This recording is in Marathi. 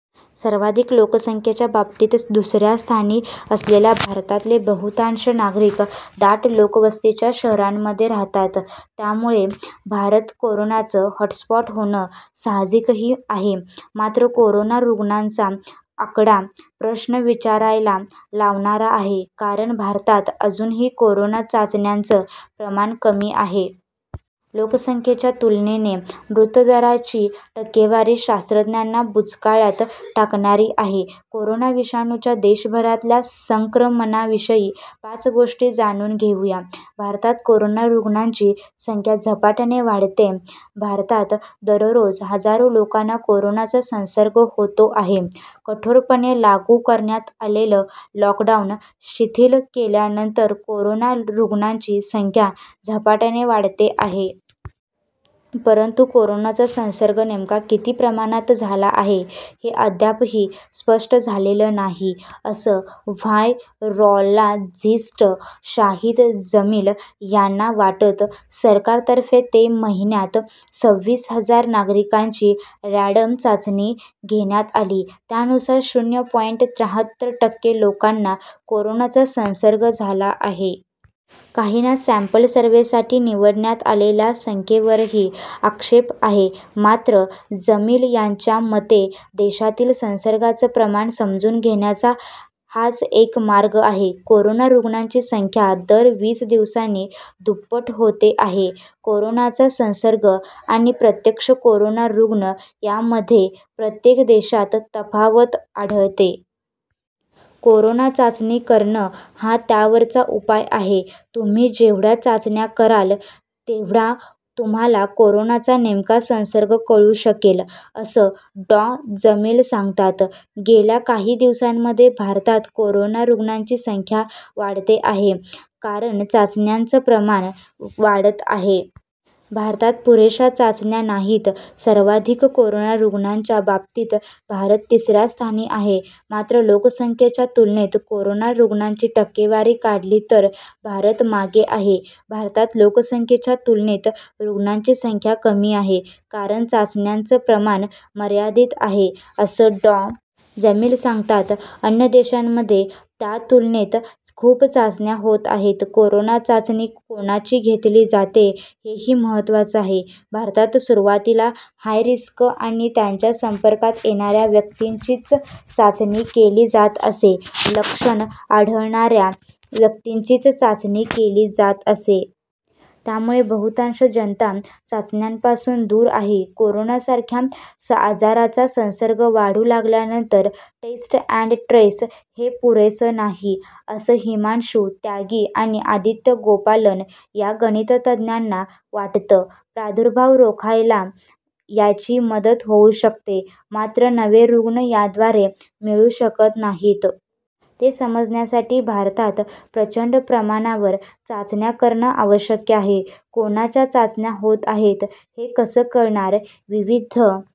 सर्वाधिक लोकसंख्येच्या बाबतीत दुसऱ्या स्थानी असलेल्या भारतातले बहुतांश नागरिक दाट लोकवस्तीच्या शहरांमध्ये राहतात. त्यामुळे भारत कोरोनाचं हॉटस्पॉट होणं साहजिकही आहे. मात्र कोरोना रुग्णांचा आकडा प्रश्न विचारायला लावणारा आहे. कारण भारतात अजूनही कोरोना चाचण्यांचं प्रमाण कमी आहे. लोकसंख्येच्या तुलनेने मृत्यूदराची टक्केवारी शास्त्रज्ञांना बुचकळ्यात टाकणारी आहे. कोरोना विषाणूच्या देशभरातल्या संक्रमणाविषयी पाच गोष्टी जाणून घेऊया. भारतात कोरोना रुग्णांची संख्या झपाट्याने वाढतेय भारतात दररोज हजारो लोकांना कोरोनाचा संसर्ग होतो आहे. कठोरपणे लागू करण्यात आलेलं लॉकडाऊन शिथिल केल्यानंतर कोरोना रुग्णांची संख्या झपाट्याने वाढते आहे. परंतु कोरोनाचा संसर्ग नेमका किती प्रमाणात झाला आहे हे अद्यापही स्पष्ट झालेलं नाही असं व्हायरॉलॉजिस्ट शाहीद जमील यांना वाटतं. सरकारतर्फे मे महिन्यात सव्वीस हजार नागरिकांची रँडम चाचणी घेण्यात आली. त्यानुसार शून्य पॉइंट त्र्याहत्तर टक्के लोकांना कोरोनाचा संसर्ग झाला आहे. काहींना सँपल सर्व्हेसाठी निवडण्यात आलेल्या संख्येवरही आक्षेप आहे. मात्र जमील यांच्या मते देशातील संसर्गाचं प्रमाण समजून घेण्याचा हाच एक मार्ग आहे. कोरोना रुग्णांची संख्या दर वीस दिवसांनी दुप्पट होते आहे. कोरोनाचा संसर्ग आणि प्रत्यक्ष कोरोना रुग्ण यामध्ये प्रत्येक देशात तफावत आढळते. कोरोना चाचणी करणं हा त्यावरचा उपाय आहे. तु्म्ही जेवढ्या चाचण्या कराल, तेवढा तुम्हाला कोरोनाचा नेमका संसर्ग कळू शकेल, असं डॉ. जमील सांगतात. गेल्या काही दिवसांमध्ये भारतात कोरोना रुग्णांची संख्या वाढते आहे, कारण चाचण्यांचं प्रमाण वाढतं आहे. भारतात पुरेशा चाचण्या नाहीत सर्वाधिक कोरोना रुग्णांच्या बाबतीत भारत तिसऱ्या स्थानी आहे. मात्र लोकसंख्याच्या तुलनेत कोरोना रुग्णांची टक्केवारी काढली तर भारत मागे आहे. भारतात लोकसंख्येच्या तुलनेत रुग्णांची संख्या कमी आहे कारण चाचण्यांचं प्रमाण मर्यादित आहे असं डॉ. जमील सांगतात. अन्य देशांमध्ये त्यातुलनेत खूप चाचण्या होत आहेत. कोरोना चाचणी कोणाची घेतली जाते हेही महत्त्वाचं आहे. भारतात सुरुवातीला हाय रिस्क आणि त्यांच्या संपर्कात येणाऱ्या व्यक्तींचीच चाचणी केली जात असे. लक्षणं आढळणाऱ्या व्यक्तींचीच चाचणी केली जात असे. त्यामुळे बहुतांश जनता चाचण्यांपासून दूर आहे. कोरोनासारख्या आजाराचा संसर्ग वाढू लागल्यानंतर टेस्ट अँड ट्रेस हे पुरेसं नाही, असं हिमांशू त्यागी आणि आदित्य गोपालन या गणिततज्ज्ञांना वाटतं. प्रादुर्भाव रोखायला याची मदत होऊ शकते मात्र नवे रुग्ण याद्वारे मिळू शकत नाहीत. ते समजण्यासाठी भारतात प्रचंड प्रमाणावर चाचण्या करणं आवश्यक आहे. कोणाच्या चाचण्या होत आहेत हे कसं कळणार? विविध